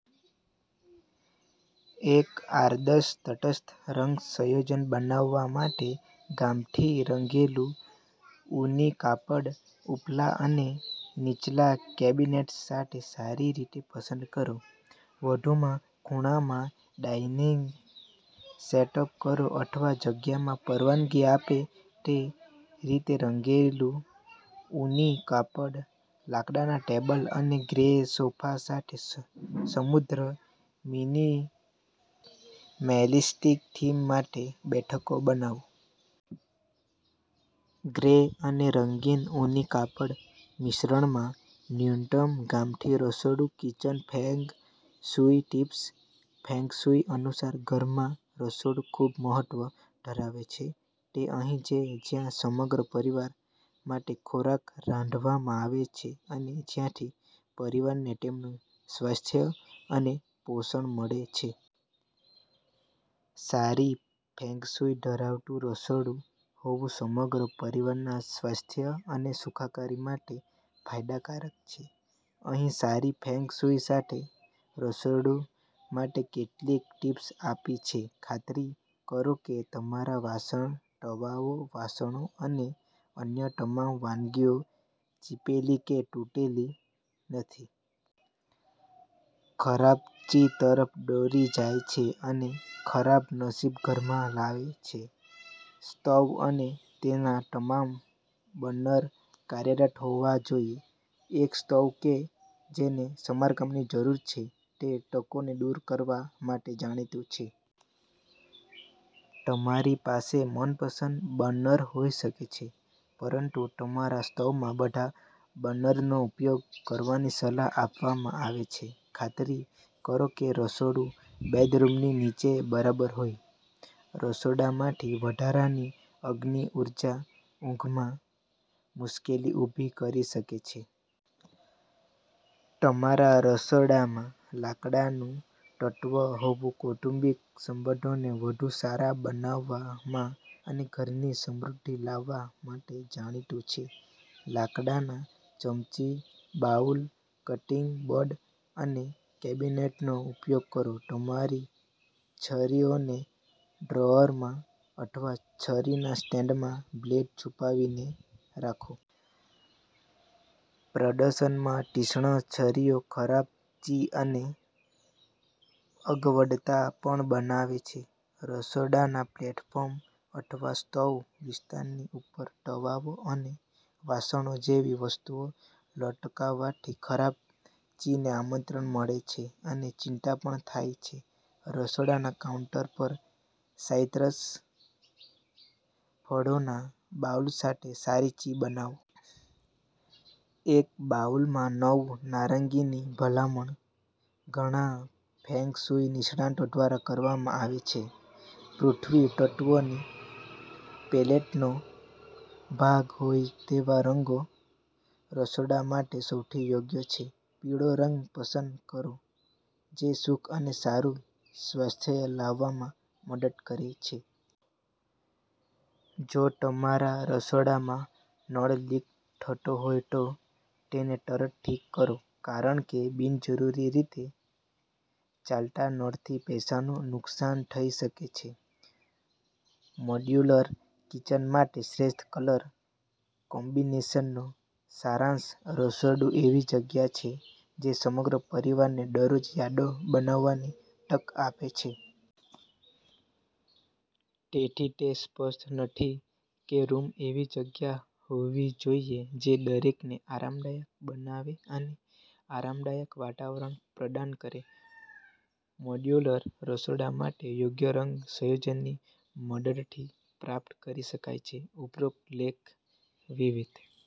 એક આદર્શ તટસ્થ રંગ સંયોજન બનાવવા માટે ગામઠીરંગેલું ઊની કાપડ ઉપલા અને નીચલા કેબિનેટ્સ સાથે સારી રીતે પસંદ કરો. વધુમાં, ખૂણામાં ડાઇનિંગ સેટઅપ કરો અથવા જગ્યામાં પરવાનગી આપે તે રીતેરંગેલું ઊની કાપડ લાકડાના ટેબલ અને ગ્રે સોફા સાથે સમૃદ્ધ મિનિમેલિસ્ટિક થીમ માટે બેઠકો બનાવો. ગ્રે અને રંગીન ઊની કાપડ મિશ્રણમાં ન્યૂનતમ, ગામઠી રસોડું kitchen feng shui tips feng shui અનુસાર ઘરમાં રસોડું ખૂબ મહત્વ ધરાવે છે. તે અહીં છે જ્યાં સમગ્ર પરિવાર માટે ખોરાક રાંધવામાં આવે છે અને જ્યાંથી પરિવારને તેમનું સ્વાસ્થ્ય અને પોષણ મળે છે. સારી ફેંગશુઈ ધરાવતું રસોડું હોવુંસમગ્ર પરિવારના સ્વાસ્થ્ય અને સુખાકારી માટે ફાયદાકારક છે. અહીં સારી ફેંગ શુઇ સાથે રસોડું માટે કેટલીક ટીપ્સ આપી છે- ખાતરી કરો કે તમારા વાસણ, તવાઓ, વાસણો અને અન્ય તમામ વાનગીઓ ચીપેલી કે તૂટેલી નથી. ખરાબ ચી તરફ દોરી જાય છે અને ખરાબ નસીબ ઘરમાં લાવે છે. સ્ટોવ અને તેના તમામ બર્નર કાર્યરત હોવા જોઈએ. એક સ્ટોવ કે જેને સમારકામની જરૂર છે તે તકોને દૂર કરવા માટે જાણીતું છે. તમારી પાસે મનપસંદ બર્નર હોઈ શકે છે, પરંતુ તમારા સ્ટોવમાં બધા બર્નરનો ઉપયોગ કરવાની સલાહ આપવામાં આવે છે. ખાતરી કરો કે રસોડું બેડરૂમની નીચે બરાબરહોય. રસોડામાંથી વધારાની અગ્નિ ઉર્જા ઊંઘમાં મુશ્કેલી ઊભી કરી શકે છે. તમારા રસોડામાં લાકડાનું તત્વ હોવુંકૌટુંબિક સંબંધોને વધુ સારા બનાવવામાં અને ઘરની સમૃદ્ધિ લાવવા માટે જાણીતું છે. લાકડાના ચમચી, બાઉલ, કટિંગ બોર્ડ અને કેબિનેટનો ઉપયોગ કરો. તમારી છરીઓને ડ્રોઅરમાં અથવા છરીના સ્ટેન્ડમાં બ્લેડ છુપાવીને રાખો. પ્રદર્શનમાં તીક્ષ્ણ છરીઓ ખરાબ ચી અને અગવડતા પણ બનાવે છે. રસોડાના પ્લેટફોર્મ અથવા સ્ટોવ વિસ્તારની ઉપર તવાઓ અને વાસણો જેવી વસ્તુઓ લટકાવવાથી ખરાબ ચીને આમંત્રણ મળે છે અને ચિંતા પણ થાય છે. રસોડાના કાઉન્ટર પર સાઇટ્રસ ફળોના બાઉલ સાથે સારી ચી બનાવો. એક બાઉલમાં નવ નારંગીની ભલામણ ઘણા ફેંગ શુઇ નિષ્ણાતો દ્વારા કરવામાં આવે છે. પૃથ્વી તત્વોની પેલેટનો ભાગ હોય તેવા રંગો રસોડા માટે સૌથી યોગ્ય છે. પીળો રંગ પસંદ કરો જે સુખ અને સારું સ્વાસ્થ્ય લાવવામાં મદદ કરે છે. જો તમારા રસોડામાં નળ લીક થતો હોય તો તેને તરત ઠીક કરો, કારણ કે બિનજરૂરી રીતે ચાલતા નળથી પૈસાનું નુકસાન થઈ શકે છે. મોડ્યુલર કિચન માટે શ્રેષ્ઠ કલર કોમ્બિનેશનનો સારાંશ રસોડુંએવી જગ્યા છે જે સમગ્ર પરિવારને દરરોજ યાદો બનાવવાની તક આપે છે. તેથી, તે સ્પષ્ટ નથી કેરૂમ એવી જગ્યા હોવી જોઈએ જે દરેકને આરામદાયક બનાવે અને આરામદાયક વાતાવરણ પ્રદાન કરે. મોડ્યુલર રસોડા માટે યોગ્ય રંગ સંયોજનની મદદથીપ્રાપ્ત કરી શકાય છે. ઉપરોક્ત લેખ વિવિધ